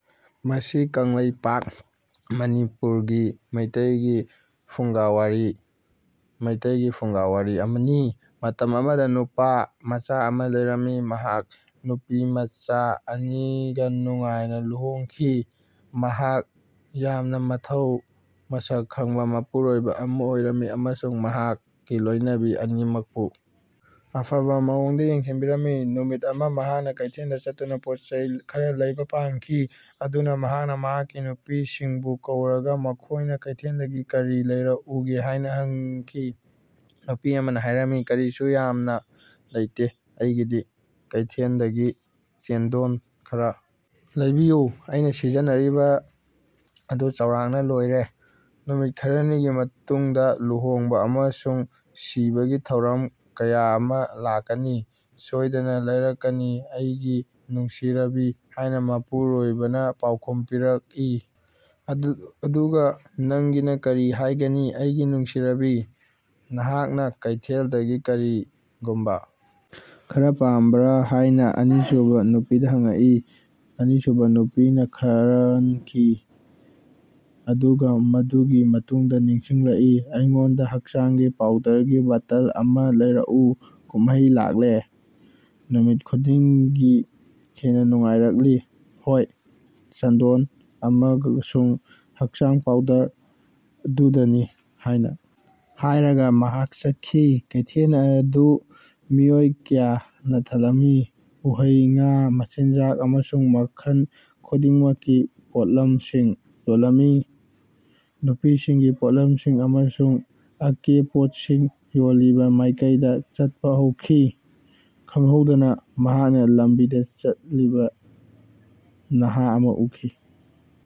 ꯃꯁꯤ ꯀꯪꯂꯩꯄꯥꯛ (ꯃꯅꯤꯄꯨꯔ) ꯒꯤ ꯃꯤꯇꯩꯒꯤ ꯐꯨꯡꯒꯥꯋꯥꯔꯤ (ꯃꯩꯇꯩꯒꯤ ꯐꯨꯡꯒꯥꯋꯥꯔꯤ) ꯑꯃꯅꯤ꯫ ꯃꯇꯝ ꯑꯃꯗ ꯅꯨꯄꯥ ꯃꯆꯥ ꯑꯃ ꯂꯩꯔꯝꯃꯤ꯫ ꯃꯍꯥꯛ ꯅꯨꯄꯤ ꯃꯆꯥ ꯑꯅꯤꯒꯥ ꯅꯨꯡꯉꯥꯏꯅ ꯂꯨꯍꯣꯡꯈꯤ꯫ ꯃꯍꯥꯛ ꯌꯥꯝꯅ ꯃꯊꯧ ꯃꯁꯛ ꯈꯪꯕ ꯃꯄꯨꯔꯣꯏꯕ ꯑꯃ ꯑꯣꯏꯔꯝꯃꯤ ꯑꯃꯁꯨꯡ ꯃꯍꯥꯛꯀꯤ ꯂꯣꯏꯅꯕꯤ ꯑꯅꯤꯃꯛꯄꯨ ꯑꯐꯕ ꯃꯑꯣꯡꯗ ꯌꯦꯡꯁꯤꯟꯕꯤꯔꯝꯃꯤ꯫ ꯅꯨꯃꯤꯠ ꯑꯃꯗꯤ ꯃꯍꯥꯛꯅ ꯀꯩꯊꯦꯜꯗ ꯆꯠꯇꯨꯅ ꯄꯣꯠ-ꯆꯩ ꯈꯔ ꯂꯩꯕ ꯄꯥꯝꯈꯤ꯫ ꯑꯗꯨꯅ ꯃꯍꯥꯛꯅ ꯃꯍꯥꯛꯀꯤ ꯅꯨꯄꯤꯁꯤꯡꯕꯨ ꯀꯧꯔꯒ ꯃꯈꯣꯏꯅ ꯀꯩꯊꯦꯜꯗꯒꯤ ꯀꯔꯤ ꯂꯩꯔꯛꯎꯒꯦ ꯍꯥꯏꯅ ꯍꯪꯈꯤ꯫ ꯅꯨꯄꯤ ꯑꯃꯅ ꯍꯥꯏꯔꯝꯃꯤ, ꯀꯔꯤꯁꯨ ꯌꯥꯝꯅ ꯂꯩꯇꯦ ꯑꯩꯒꯤꯗꯤ ꯀꯩꯊꯦꯜꯗꯒꯤ ꯆꯟꯗꯣꯟ ꯈꯔ ꯂꯩꯕꯤꯌꯨ꯫ ꯑꯩꯅ ꯁꯤꯖꯤꯟꯅꯔꯤꯕ ꯑꯗꯨ ꯆꯥꯎꯔꯥꯛꯅ ꯂꯣꯏꯔꯦ꯫ ꯅꯨꯃꯤꯠ ꯈꯔꯅꯤꯒꯤ ꯃꯇꯨꯡꯗ ꯂꯨꯍꯣꯡꯕ ꯑꯃꯁꯨꯡ ꯁꯤꯕꯒꯤ ꯊꯧꯔꯝ ꯀꯌꯥ ꯑꯃ ꯂꯥꯛꯀꯅꯤ꯫ ꯁꯣꯏꯗꯅ ꯂꯩꯔꯛꯀꯅꯤ ꯑꯩꯒꯤ ꯅꯨꯡꯁꯤꯔꯕꯤ ꯍꯥꯏꯅ ꯃꯄꯨꯔꯣꯏꯕꯅ ꯄꯥꯎꯈꯨꯝ ꯄꯤꯔꯛꯏ꯫ ꯑꯗꯨꯒ ꯅꯪꯒꯤ ꯀꯔꯤ ꯍꯥꯏꯒꯅꯤ ꯑꯩꯒꯤ ꯅꯨꯡꯁꯤꯔꯕꯤ, ꯅꯍꯥꯛꯅ ꯀꯩꯊꯦꯜꯗꯒꯤ ꯀꯔꯤꯒꯨꯝꯕ ꯈꯔ ꯄꯥꯝꯕ꯭ꯔꯥ ꯍꯥꯏꯅ ꯑꯅꯤꯁꯨꯕ ꯅꯨꯄꯤꯗ ꯍꯪꯂꯛꯏ꯫ ꯑꯅꯤꯁꯨꯕ ꯅꯨꯄꯤꯅ ꯈꯟꯈꯤ ꯑꯗꯨꯒ ꯃꯗꯨꯒꯤ ꯃꯇꯨꯡꯗ ꯅꯤꯡꯁꯤꯡꯂꯛꯏ, ꯑꯩꯉꯣꯟꯗ ꯍꯛꯆꯥꯡꯒꯤ ꯄꯥꯎꯗꯔꯒꯤ ꯕꯣꯇꯜ ꯑꯃ ꯂꯩꯔꯛꯎ, ꯀꯨꯝꯃꯩ ꯂꯥꯛꯂꯦ꯫ ꯅꯨꯃꯤꯠ ꯈꯨꯗꯤꯡꯒꯤ ꯍꯦꯟꯅ ꯅꯨꯡꯉꯥꯏꯔꯛꯂꯤ꯫ ꯍꯣꯏ, ꯆꯟꯗꯣꯟ ꯑꯃꯁꯨꯡ ꯍꯛꯆꯥꯡ ꯄꯥꯎꯗꯔ ꯗꯨꯗꯅꯤ ꯍꯥꯏꯅ ꯍꯥꯏꯔꯒ ꯃꯍꯥꯛ ꯆꯠꯈꯤ꯫ ꯀꯩꯊꯦꯜ ꯑꯗꯨ ꯃꯤꯑꯣꯏ ꯀꯌꯥꯅ ꯊꯜꯂꯝꯃꯤ꯫ ꯎꯍꯩ, ꯉꯥ ꯃꯆꯤꯟꯖꯥꯛ ꯑꯃꯁꯨꯡ ꯃꯈꯜ ꯈꯨꯗꯤꯡꯃꯛꯀꯤ ꯄꯣꯠꯂꯝꯁꯤꯡ ꯌꯣꯜꯂꯝꯃꯤ꯫ ꯅꯨꯄꯤꯁꯤꯡꯒꯤ ꯄꯣꯠꯂꯝꯁꯤꯡ ꯑꯃꯁꯨꯡ ꯑꯀꯦꯄꯣꯠꯁꯤꯡ ꯌꯣꯜꯂꯤꯕ ꯃꯥꯏꯀꯩꯗ ꯆꯠꯄ ꯍꯧꯈꯤ꯫ ꯈꯪꯍꯧꯗꯅ ꯃꯍꯥꯛꯅ ꯂꯝꯕꯤꯗ ꯆꯠꯂꯤꯕ ꯅꯍꯥ ꯑꯃ ꯎꯈꯤ꯫